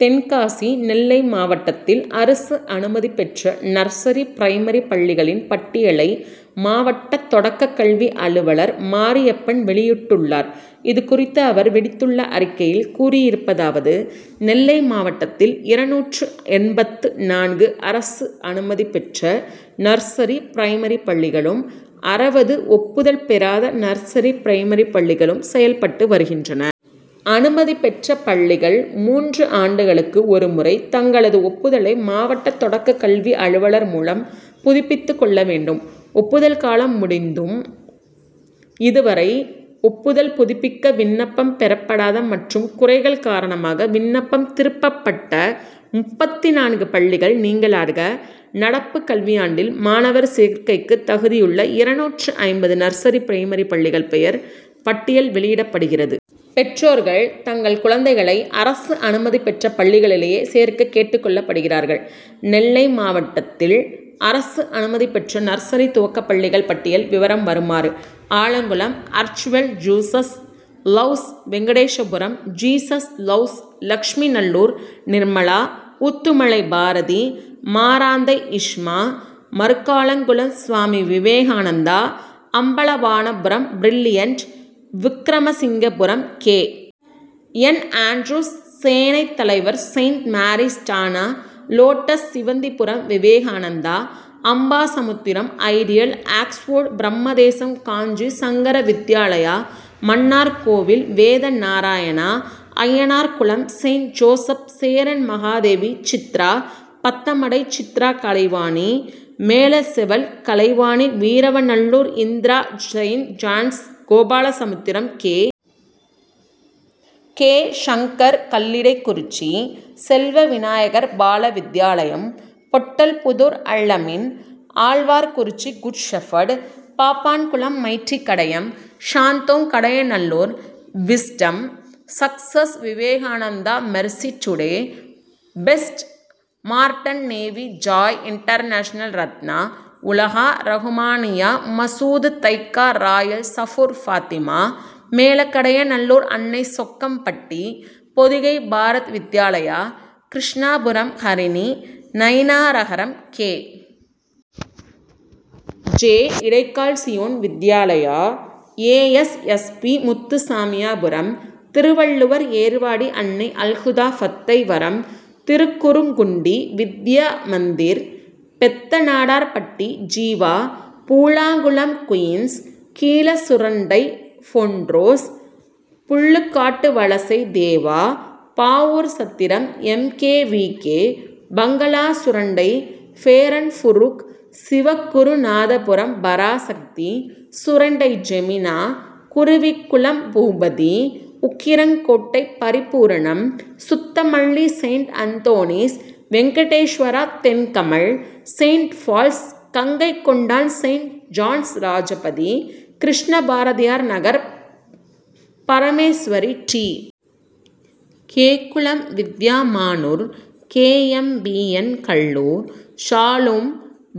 தென்காசி நெல்லை மாவட்டத்தில் அரசு அனுமதி பெற்ற நர்சரி பிரைமரி பள்ளிகளின் பட்டியலை மாவட்ட தொடக்கக்கல்வி அலுவலர் மாரியப்பன் வெளியிட்டுள்ளார். இதுகுறித்து அவர் விடுத்துள்ள அறிக்கையில் கூறியிருப்பதாவது நெல்லை மாவட்டத்தில் இருநூற்று எண்பத்து நான்கு அரசு அனுமதி பெற்ற நர்சரி பிரைமரி பள்ளிகளும் அறுபது ஒப்புதல் பெறாத நர்சரி பிரைமரி பள்ளிகளும் செயல்பட்டு வருகின்றன. அனுமதி பெற்ற பள்ளிகள் மூன்று ஆண்டுகளுக்கு ஒரு முறை தங்களது ஒப்புதலை மாவட்ட தொடக்கக்கல்வி அலுவலர் மூலம் புதுப்பித்து கொள்ள வேண்டும். ஒப்புதல் காலம் முடிந்தும் இதுவரை ஒப்புதல் புதுப்பிக்க விண்ணப்பம் பெறப்படாத மற்றும் குறைகள் காரணமாக விண்ணப்பம் திருப்பப்பட்ட முப்பத்து நான்கு பள்ளிகள் நீங்கலாக நடப்பு கல்வியாண்டில் மாணவர் சேர்க்கைக்கு தகுதியுள்ள இருநூற்று ஐம்பது நர்சரி பிரைமரி பள்ளிகளின் பெயர் பட்டியல் வெளியிடப்படுகிறது. பெற்றோர் தங்கள் குழந்தைகளை அரசு அனுமதி பெற்ற பள்ளிகளிலேயே சேர்க்க கேட்டுக் கொள்ளப்படுகிறார்கள். நெல்லை மாவட்டத்தில் அரசு அனுமதி பெற்ற நர்சரி துவக்கப்பள்ளிகள் பட்டியல் விபரம் வருமாறு Alangulam அர்ச்வெல் Jesus loves Venkatesapuram Jesus loves Lakshmi Nallur Nirmala Oothumalai Bharathi Maranthai இஸ்மா Marukkalankulam Swami Vivekananda Ambalavanapuram brilliant Vikramasingapuram K. N. Andrews Senaithalaivar saint Mary's டானா lotus Sivanthipuram Vivekananda Ambasamudram ideal Oxford Brahmadesam Kanchi Sankara Vidyalaya Mannarkovil Vedanarayana Ayyanarkulam saint Joseph Cheranmahadevi Chitra Pathamadai Chitra Kalaivani. Melacheval Kalaivani Veeravanallur Indira saint John's Gopalasamudram K. K. Sankar Kallidaikurichi Selva Vinayagar Balavidyalayam Pottalpudur Alameen Alwarkurichi good shepherd Pappankulam mighty Kadayam Santhome Kadayanallur wisdom success Vivekananda mercy today best modern navy joy international Ratna Ulaga Rahmaniya Masood Thaika royal Sabur Fathima Melakadayanallur Annai Chokkampatti Pothigai Bharat Vidyalaya Krishnapuram Harini Nainaragaram K. J. Idaikal Zion Vidyalaya A. S. S. P. Muthusamiyapuram Thiruvalluvar Ervadi Annai Alhuda பத்தை வரம் Thirukkurungudi Vidya Mandir Pethanadarpatti Jeeva Poolangulam queen's. Keezhasurandai பொன்ரோஸ் Pullukattuvalasai Deva Pavoorchatram M. K. V. K. Bangala Surandai பேரன்புரூக் Sivagurunathapuram Parasakthi Surandai ஜெமினா Kuruvikulam Boopathi Ukkirankottai Paripooranam Suthamalli saint Anthony's Venkateswara Thenkamal saint Paul's Gangaikondan saint John's Rajapathi Krishna Bharathiyarnagar Parameswari T. K. Kulam Vidya Manur K. M. P. N. Kallur Shalom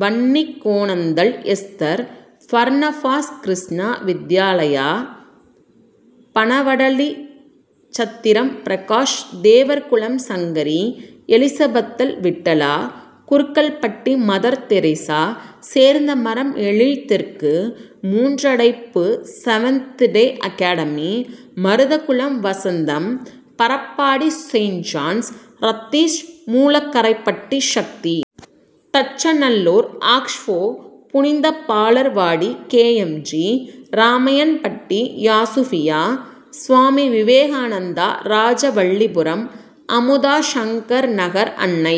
Vannikonendal Esther Barnabas Krishna Vidyalaya Panavadalichatram Prakash Devarkulam Sankari எலிசபெத்தல் Vittala Kurukkalpatti mother Teresa Sernthamaram Ezhil தெற்கு Moondradaippu seventh day academy Maruthakulam Vasantham Parappadi saint John's ரத்தீஸ் Moolaikaraipatti Sakthi. Thachanallur Expo புனித பாலர்வாடி K. M. G. Ramaiyanpatti யாசுபியா சுவாமி விவேகானந்தா ராஜவல்லிபுரம் அமுதா சங்கர்நகர் அன்னை